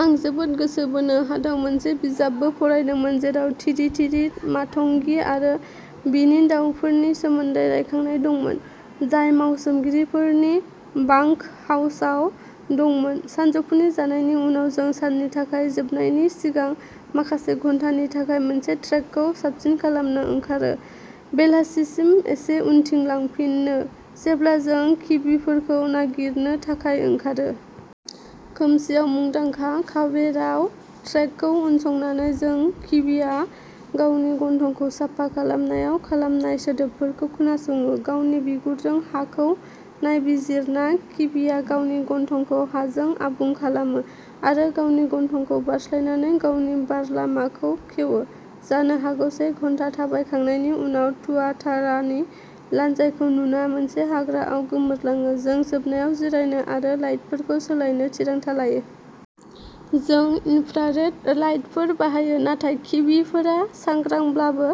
आं जोबोद गोसो बोनो हाथाव मोनसे बिजाबबो फरायदोंमोन, जेराव तिरितिरि मातंगि आरो बिनि दाउफोरनि सोमोन्दै रायखांनाय दंमोन, जाय मावसोमगिरिफोरनि बांकहाउसाव दंमोन। सानजौफुनि जानायनि उनाव जों साननि थाखाय जोबनायनि सिगां माखासे घन्टानि थाखाय मोनसे ट्रेकखौ साबसिन खालामनो ओंखारो, बेलासिसिम एसे उनथिं लांफिनो, जेब्ला जों किवीफोरखौ नागिरनो थाखाय ओंखारो। खोमसिआव मुंदांखा कावेराव ट्रेकखौ उनसंनानै जों किवीया गावनि गन्थंखौ साफा खालामनायाव खालामनाय सोदोबफोरखौ खोनासङो। गावनि बिगुरजों हाखौ नायबिजिरना, किवीया गावनि गन्थंखौ हाजों आबुं खालामो, आरो गावनि गन्थंखौ बारस्लायनानै गावनि बारलामाखौ खेवो। जानो हागौ से घन्टा थाबायखांनायनि उनाव, तुआतारानि लानजायखौ नुना, मोनसे हाग्राआव गोमोरलाङो, जों जोबनायाव जिरायनो आरो लाइटफोरखौ सोलायनो थिरांथा लायो। जों इन्फ्रारेड लाइटफोर बाहायो, नाथाय किवीफोरा सांग्रांब्लाबो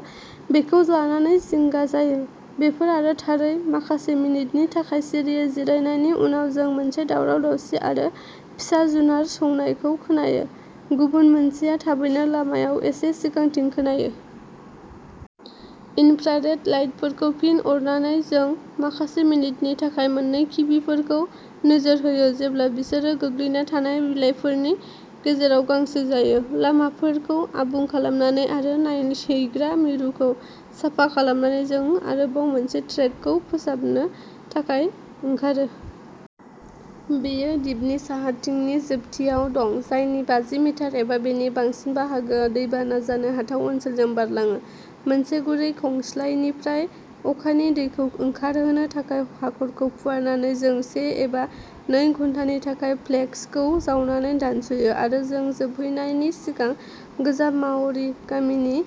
बेखौ लानानै जिंगा जायो। बेफोर आरो थारै माखासे मिनिटनि थाखाय सिरियै जिरायनायनि उनाव जों मोनसे दावराव-दावसि आरो फिसा जुनार सौनायखौ खोनायो। गुबुन मोनसेआ थाबैनो लामायाव एसे सिगांथिं खोनायो। इनफ्रारेड लाइटफोरखौ फिन अरनानै, जों माखासे मिनिटनि थाखाय मोन्नै किवीफोरखौ नोजोर होयो जेब्ला बिसोरो गोग्लैना थानाय बिलाइफोरनि गेजेराव गांसो जायो। लामाफोरखौ आबुं खालामनानै आरो नायहैग्रा मिरुखौ साफा खालामनानै, जों आरोबाव मोनसे ट्रेकखौ फोसाबनो थाखाय ओंखारो। बेयो दिपनि साहाथिंनि जोबथियाव दं, जायनि बाजि मिटार एबा बेनि बांसिन बाहागोआ दैबाना जानो हाथाव ओनसोलजों बारलाङो। मोनसे गुरै खंस्लायनिफ्राय अखानि दैखौ ओंखारहोनो थाखाय हाखरखौ फुवारनानै जों से एबा नै घन्टानि थाखाय फ्लेक्सखौ जावनानै दानस'यो आरो जों जोबहैनायनि सिगां गोजाम माव'रि गामिनि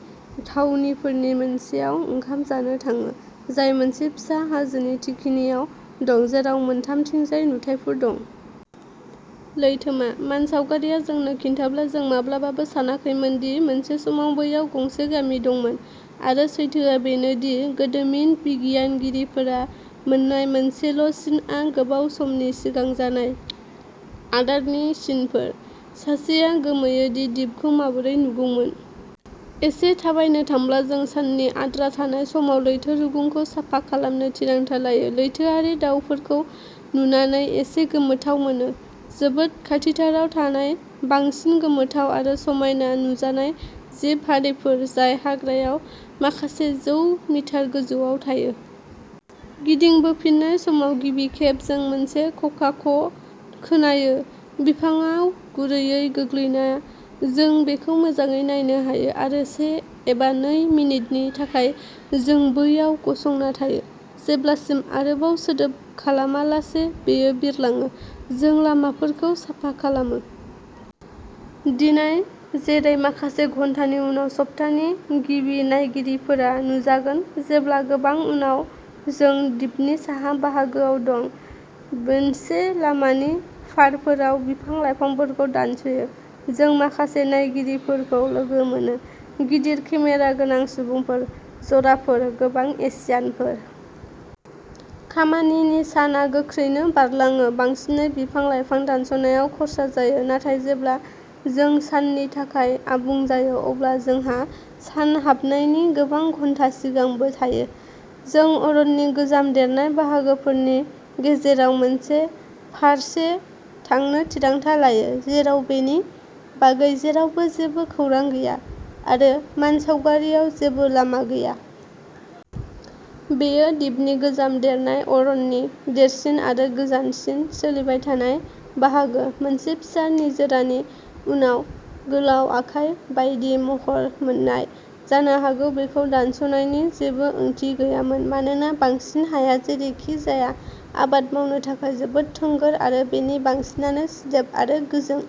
थावनिफोरनि मोनसेयाव ओंखाम जानो थाङो, जाय मोनसे फिसा हाजोनि थिखिनियाव दं, जेराव मोनथामथिंजाय नुथायफोर दं। लैथोमा। मानसावगारिआ जोंनो खिन्थाब्ला, जों माब्लाबाबो सानाखैमोनदि मोनसे समाव बैयाव गंसे गामि दंमोन आरो सैथोआ बेनो दि गोदोमिन बिगियानगिरिफोरा मोन्नाय मोनसेल'सिनआ गोबाव समनि सिगां जानाय आदारनि सिनफोर। सासेआ गोमोयो दि दिपखौ माबोरै नुगौमोन। एसे थाबायनो थांब्ला जों साननि आद्रा थानाय समाव लैथो रुगुंखौ साफा खालामनो थिरांथा लायो। लैथोआरि दावफोरखौ नुनानै एसे गोमोथाव मोनो, जोबोद खाथिथाराव थानाय बांसिन गोमोथाव आरो समायना नुजानाय जिब हारिफोर जाय हाग्रायाव माखासे जौ मिटार गोजौआव थायो। गिदिंबोफिननाय समाव, गिबि खेब जों मोनसे ककाक'खोनायो। बिफांआव गुरैयै गोग्लैना, जों बेखौ मोजाङै नायनो हायो आरो से एबा नै मिनिटनि थाखाय जों बैयाव गसंना थायो, जेब्लासिम-आरोबाव सोदोब खालामालासे-बेयो बिरलाङो। जों लामाफोरखौ साफा खालामो। दिनै, जेरै माखासे घन्टानि उनाव सप्तानि गिबि नायगिरिफोरा नुजागोन। जेब्ला गोबां उनाव जों दिपनि साहा बाहागोआव दं, मोनसे लामानि फारफोराव बिफां-लाइफांफोरखौ दानस'यो, जों माखासे नायगिरिफोरखौ लोगो मोनो। गिदिर केमेरा गोनां सुबुंफोर। जराफोर। गोबां एशियानफोर। खामानिनि साना गोख्रैनो बारलाङो, बांसिनै बिफां-लाइफां दानस'नायाव खर्सा जायो, नाथाय जेब्ला जों साननि थाखाय आबुं जायो, अब्ला जोंहा सानहाबनायनि गोबां घन्टा सिगांबो थायो। जों अरननि गोजाम देरनाय बाहागोफोरनि गेजेराव मोनसे फारसे थांनो थिरांथा लायो, जेराव बेनि बागै जेरावबो जेबो खौरां गैया आरो मानसावगारियाव जेबो लामा गैया। बेयो दिपनि गोजाम देरनाय अरननि देरसिन आरो गोजानसिन सोलिबाय थानाय बाहागो, मोनसे फिसा निजोरानि उनाव गोलाव आखाइ बायदि महर मोननाय। जानो हागौ बेखौ दानस'नायनि जेबो ओंथि गैयामोन, मानोना बांसिन हाया जेरैखिजाया आबाद मावनो थाखाय जोबोद थोंगोर आरो बेनि बांसिनानो सिदोब आरो गोजों।